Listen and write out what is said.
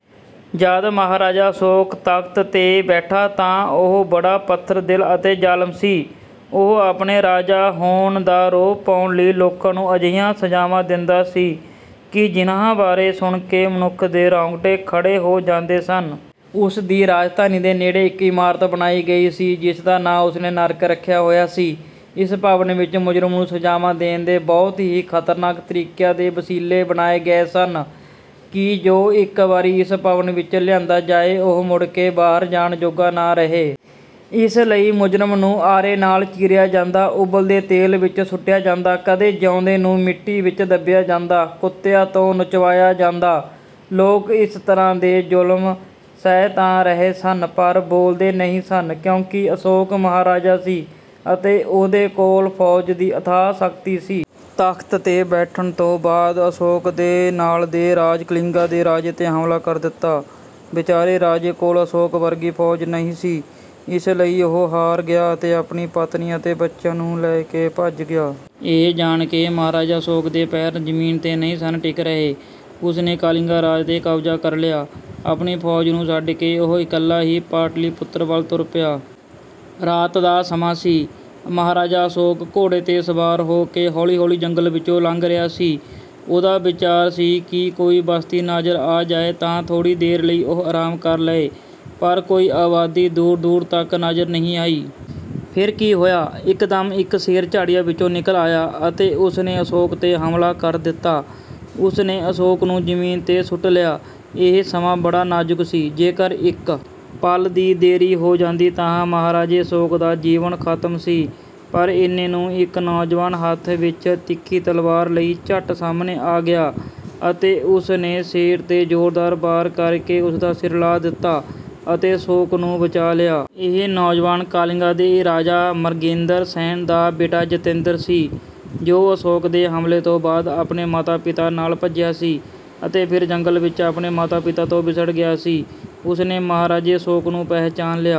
ਜਦ ਮਹਾਰਾਜਾ ਅਸ਼ੋਕ ਤਖ਼ਤ 'ਤੇ ਬੈਠਾ ਤਾਂ ਉਹ ਬੜਾ ਪੱਥਰ-ਦਿਲ ਅਤੇ ਜ਼ਾਲਮ ਸੀ। ਉਹ ਆਪਣੇ ਰਾਜਾ ਹੋਣ ਦਾ ਰੋਹਬ ਪਾਉਣ ਲਈ ਲੋਕਾਂ ਨੂੰ ਅਜਿਹੀਆਂ ਸਜ਼ਾਵਾਂ ਦਿੰਦਾ ਸੀ ਕਿ ਜਿਨ੍ਹਾਂ ਬਾਰੇ ਸੁਣ ਕੇ ਮਨੁੱਖ ਦੇ ਰੌਂਗਟੇ ਖੜ੍ਹੇ ਹੋ ਜਾਂਦੇ ਸਨ। ਉਸ ਦੀ ਰਾਜਧਾਨੀ ਦੇ ਨੇੜੇ ਹੀ ਇੱਕ ਇਮਾਰਤ ਬਣਾਈ ਗਈ ਸੀ ਜਿਸ ਦਾ ਨਾਂ ਉਸ ਨੇ 'ਨਰਕ' ਰੱਖਿਆ ਹੋਇਆ ਸੀ। ਇਸ ਭਵਨ ਵਿੱਚ ਮੁਜਰਿਮ ਨੂੰ ਸਜ਼ਾਵਾਂ ਦੇਣ ਦੇ ਬਹੁਤ ਹੀ ਖ਼ਤਰਨਾਕ ਤਰੀਕਿਆਂ ਦੇ ਵਸੀਲੇ ਬਣਾਏ ਗਏ ਸਨ ਕਿ ਜੋ ਇੱਕ ਵਾਰੀ ਇਸ ਭਵਨ ਵਿੱਚ ਲਿਆਂਦਾ ਜਾਏ ਉਹ ਮੁੜ ਕੇ ਬਾਹਰ ਜਾਣ ਜੋਗਾ ਨਾ ਰਹੇ। ਇਸ ਲਈ ਮੁਜਰਿਮ ਨੂੰ ਆਰੇ ਨਾਲ਼ ਚੀਰਿਆ ਜਾਂਦਾ, ਉਬਲਦੇ ਤੇਲ ਵਿੱਚ ਸੁੱਟਿਆ ਜਾਂਦਾ, ਕਦੇ ਜਿਉਂਦੇ ਨੂੰ ਮਿੱਟੀ ਵਿੱਚ ਦੱਬਿਆ ਜਾਂਦਾ, ਕੁੱਤਿਆਂ ਤੋਂ ਨੁਚਵਾਇਆ ਜਾਂਦਾ। ਲੋਕ ਇਸ ਤਰ੍ਹਾਂ ਦੇ ਜ਼ੁਲਮ ਸਹਿ ਤਾਂ ਰਹੇ ਸਨ ਪਰ ਬੋਲਦੇ ਨਹੀਂ ਸਨ ਕਿਉਂਕਿ ਅਸ਼ੋਕ ਮਹਾਰਾਜਾ ਸੀ ਅਤੇ ਉਹਦੇ ਕੋਲ ਫ਼ੌਜ ਦੀ ਅਥਾਹ ਸ਼ਕਤੀ ਸੀ। ਤਖ਼ਤ 'ਤੇ ਬੈਠਣ ਤੋਂ ਬਾਅਦ ਅਸ਼ੋਕ ਦੇ ਨਾਲ਼ ਦੇ ਰਾਜ ਕਾਲਿੰਗਾ ਦੇ ਰਾਜੇ 'ਤੇ ਹਮਲਾ ਕਰ ਦਿੱਤਾ। ਵਿਚਾਰੇ ਰਾਜੇ ਕੋਲ ਅਸ਼ੋਕ ਵਰਗੀ ਫ਼ੌਜ ਨਹੀਂ ਸੀ, ਇਸ ਲਈ ਉਹ ਹਾਰ ਗਿਆ ਅਤੇ ਆਪਣੀ ਪਤਨੀ ਅਤੇ ਬੱਚਿਆਂ ਨੂੰ ਲੈ ਕੇ ਭੱਜ ਗਿਆ। ਇਹ ਜਾਣ ਕੇ ਮਹਾਰਾਜਾ ਅਸ਼ੋਕ ਦੇ ਪੈਰ ਜ਼ਮੀਨ 'ਤੇ ਨਹੀਂ ਸਨ ਟਿਕ ਰਹੇ। ਉਸ ਨੇ ਕਾਲਿੰਗਾ ਰਾਜ 'ਤੇ ਕਬਜ਼ਾ ਕਰ ਲਿਆ। ਆਪਣੀ ਫ਼ੌਜ ਨੂੰ ਛੱਡ ਕੇ ਉਹ ਇਕੱਲਾ ਹੀ ਪਾਟਲੀਪੁੱਤਰ ਵੱਲ ਤੁਰ ਪਿਆ। ਰਾਤ ਦਾ ਸਮਾਂ ਸੀ, ਮਹਾਰਾਜਾ ਅਸ਼ੋਕ ਘੋੜੇ 'ਤੇ ਸਵਾਰ ਹੋ ਕੇ ਹੌਲੀ-ਹੌਲੀ ਜੰਗਲ ਵਿੱਚੋਂ ਲੰਘ ਰਿਹਾ ਸੀ। ਉਹਦਾ ਵਿਚਾਰ ਸੀ ਕਿ ਕੋਈ ਬਸਤੀ ਨਜ਼ਰ ਆ ਜਾਏ ਤਾਂ ਥੋੜ੍ਹੀ ਦੇਰ ਲਈ ਉਹ ਆਰਾਮ ਕਰ ਲਏ ਪਰ ਕੋਈ ਆਬਾਦੀ ਦੂਰ-ਦੂਰ ਤੱਕ ਨਜ਼ਰ ਨਹੀਂ ਆਈ। ਫਿਰ ਕੀ ਹੋਇਆ, ਇੱਕਦਮ ਇੱਕ ਸ਼ੇਰ ਝਾੜੀਆਂ ਵਿੱਚੋਂ ਨਿਕਲ ਆਇਆ ਅਤੇ ਉਸ ਨੇ ਅਸ਼ੋਕ 'ਤੇ ਹਮਲਾ ਕਰ ਦਿੱਤਾ। ਉਸ ਨੇ ਅਸ਼ੋਕ ਨੂੰ ਜ਼ਮੀਨ 'ਤੇ ਸੁੱਟ ਲਿਆ। ਇਹ ਸਮਾਂ ਬੜਾ ਨਾਜ਼ੁਕ ਸੀ। ਜੇਕਰ ਇੱਕ ਪਲ ਦੀ ਦੇਰ ਹੋ ਜਾਂਦੀ ਤਾਂ ਮਹਾਰਾਜੇ ਅਸ਼ੋਕ ਦਾ ਜੀਵਨ ਖ਼ਤਮ ਸੀ ਪਰ ਏਨੇ ਨੂੰ ਇੱਕ ਨੌਜਵਾਨ ਹੱਥ ਵਿੱਚ ਤਿੱਖੀ ਤਲਵਾਰ ਲਈ ਝੱਟ ਸਾਹਮਣੇ ਆ ਗਿਆ ਅਤੇ ਉਸ ਨੇ ਸ਼ੇਰ 'ਤੇ ਜ਼ੋਰਦਾਰ ਵਾਰ ਕਰ ਕੇ ਉਸ ਦਾ ਸਿਰ ਲਾਹ ਦਿੱਤਾ ਅਤੇ ਅਸ਼ੋਕ ਨੂੰ ਬਚਾ ਲਿਆ। ਇਹ ਨੌਜਵਾਨ ਕਾਲਿੰਗਾ ਦੇ ਰਾਜਾ ਮਰਗੇਂਦਰ ਸੈਨ ਦਾ ਬੇਟਾ ਜਤਿੰਦਰ ਸੀ ਜੋ ਅਸ਼ੋਕ ਦੇ ਹਮਲੇ ਤੋਂ ਬਾਅਦ ਆਪਣੇ ਮਾਤਾ-ਪਿਤਾ ਨਾਲ਼ ਭੱਜਿਆ ਸੀ ਅਤੇ ਫਿਰ ਜੰਗਲ ਵਿੱਚ ਆਪਣੇ ਮਾਤਾ-ਪਿਤਾ ਤੋਂ ਵਿਛੜ ਗਿਆ ਸੀ। ਉਸ ਨੇ ਮਹਾਰਾਜੇ ਅਸ਼ੋਕ ਨੂੰ ਪਹਿਚਾਣ ਲਿਆ।